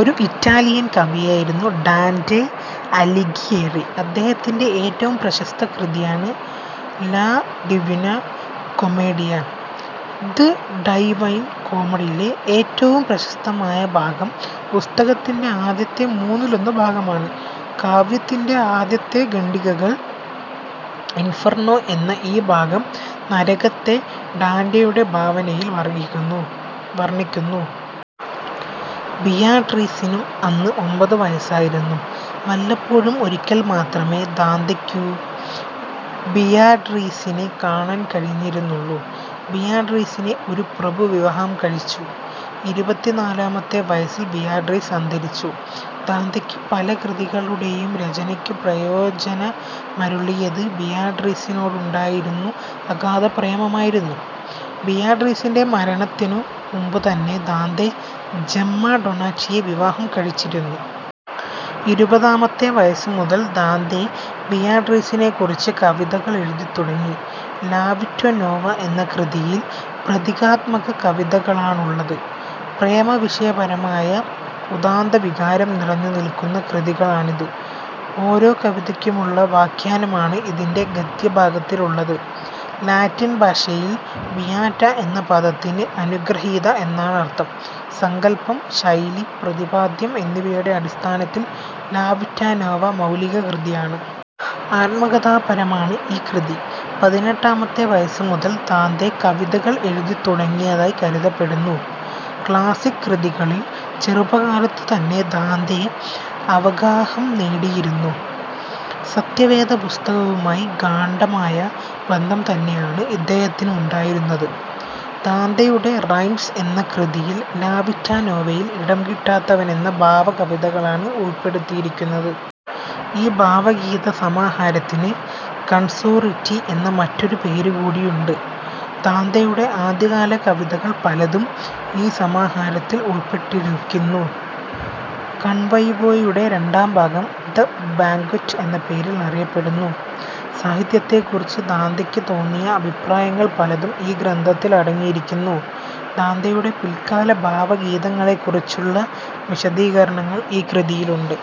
ഒരു ഇറ്റാലിയൻ കവിയായിരുന്നു ഡാന്റെ അലിഘിയേരി. അദ്ദേഹത്തിന്റെ ഏറ്റവും പ്രശസ്ത കൃതിയാണ് ലാ ഡിവിനാ കൊമേഡിയ. ദ് ഡൈവൈൻ കോമഡിയിലെ ഏറ്റവും പ്രശസ്തമായ ഭാഗം പുസ്തകത്തിന്റെ ആദ്യത്തെ മൂന്നിലൊന്ന് ഭാഗമാണ് കാവ്യത്തിന്റെ ആദ്യത്തെ ഖണ്ഡികകൾ. ഇൻഫെർണ്ണോ എന്ന ഈ ഭാഗം നരകത്തെ ഡാന്റെയുടെ ഭാവനയിൽ വർണ്ണിക്കുന്നു. ബിയാട്രീസിനും അന്ന് ഒമ്പതുവയസ്സായിരുന്നു. വല്ലപ്പോഴും ഒരിക്കൽ മാത്രമേ ദാന്തെയ്ക്കു ബിയാട്രീസിനെ കാണാൻ കഴിഞ്ഞിരുന്നുള്ളൂ. ബിയാട്രീസിനെ ഒരു പ്രഭു വിവാഹം കഴിച്ചു. ഇരുപത്തിനാലാമത്തെ വയസ്സിൽ ബിയാട്രീസ് അന്തരിച്ചു. ദാന്തെയ്ക്ക് പല കൃതികളുടെയും രചനയ്ക്കു പ്രചോദമനമരുളിയത് ബിയാട്രീസിനോടുണ്ടായിരുന്നു അഗാധ പ്രേമമായിരുന്നു. ബിയാട്രീസിന്റെ മരണത്തിനു മുമ്പുതന്നെ ദാന്തെ ജെമ്മാ ഡൊണാറ്റിയെ വിവാഹം കഴിച്ചിരുന്നു. ഇരുപതാമത്തെ വയസ്സുമുതൽ ദാന്തെ ബിയാട്രീസിനെക്കുറിച്ച് കവിതകൾ എഴുതിത്തുടങ്ങി. ലാ വിറ്റാ നോവ എന്ന കൃതിയിൽ പ്രതീകാത്മക കവിതകളാണുള്ളത്. പ്രേമവിഷയപരമായ ഉദാത്തവികാരം നിറഞ്ഞുനില്ക്കുന്ന കൃതിയാണിത്. ഓരോ കവിതയ്ക്കുമുള്ള വ്യാഖ്യാനമാണ് ഇതിലെ ഗദ്യഭാഗത്തിലുള്ളത്. ലാറ്റിൻ ഭാഷയിൽ 'ബിയാറ്റ' എന്ന പദത്തിന് 'അനുഗൃഹിത' എന്നാണർഥം. സങ്കല്പം, ശൈലി, പ്രതിപാദ്യം എന്നിവയുടെ അടിസ്ഥാനത്തിൽ ലാ വിറ്റാ നോവ മൗലിക കൃതിയാണ്. ആത്മകഥാപരമാണ് ഈ കൃതി. പതിനെട്ടാമത്തെ വയസ്സു മുതൽ ദാന്തെ കവിതകൾ എഴുതിത്തുടങ്ങിയതായി കരുതപ്പെടുന്നു. ക്ലാസ്സിക് കൃതികളിൽ ചെറുപ്പകാലത്തുതന്നെ ദാന്തെ അവഗാഹം നേടിയിരുന്നു. 'സത്യവേദപുസ്തക'വുമായി ഗാഢമായ ബന്ധംതന്നെയാണ് ഇദ്ദേഹത്തിനുണ്ടായിരുന്നത്. ദാന്തെയുടെ റൈംസ് എന്ന കൃതിയിൽ ലാ വിറ്റാ നോവയിൽ ഇടം കിട്ടാതെവന്ന ഭാവ കവിതകളാണ് ഉൾ പ്പെടുത്തിയിരിക്കുന്നത്. ഈ ഭാവഗീതസമാഹാരത്തിന് കൺസോണീറി എന്ന മറ്റൊരു പേരുകൂടിയുണ്ട്. ദാന്തെയുടെ ആദ്യകാല കവിതകൾ പലതും ഈ സമാഹാരത്തിൽ ഉൾ പ്പെടുത്തിയിരിക്കുന്നു. കൺവൈവ്യോ യുടെ രണ്ടാംഭാഗം ദ് ബാങ്ക്വറ്റ് എന്ന പേരിൽ അറിയപ്പെടുന്നു. സാഹിത്യത്തെക്കുറിച്ച് ദാന്തെയ്ക്കു തോന്നിയ അഭിപ്രായങ്ങൾ പലതും ഈ ഗ്രന്ഥത്തിൽ അടങ്ങിയിരിക്കുന്നു. ദാന്തെയുടെ പില്ക്കാല ഭാവഗീതങ്ങളെക്കുറിച്ചുള്ള വിശദീകരണങ്ങൾ ഈ കൃതിയിലുണ്ട്.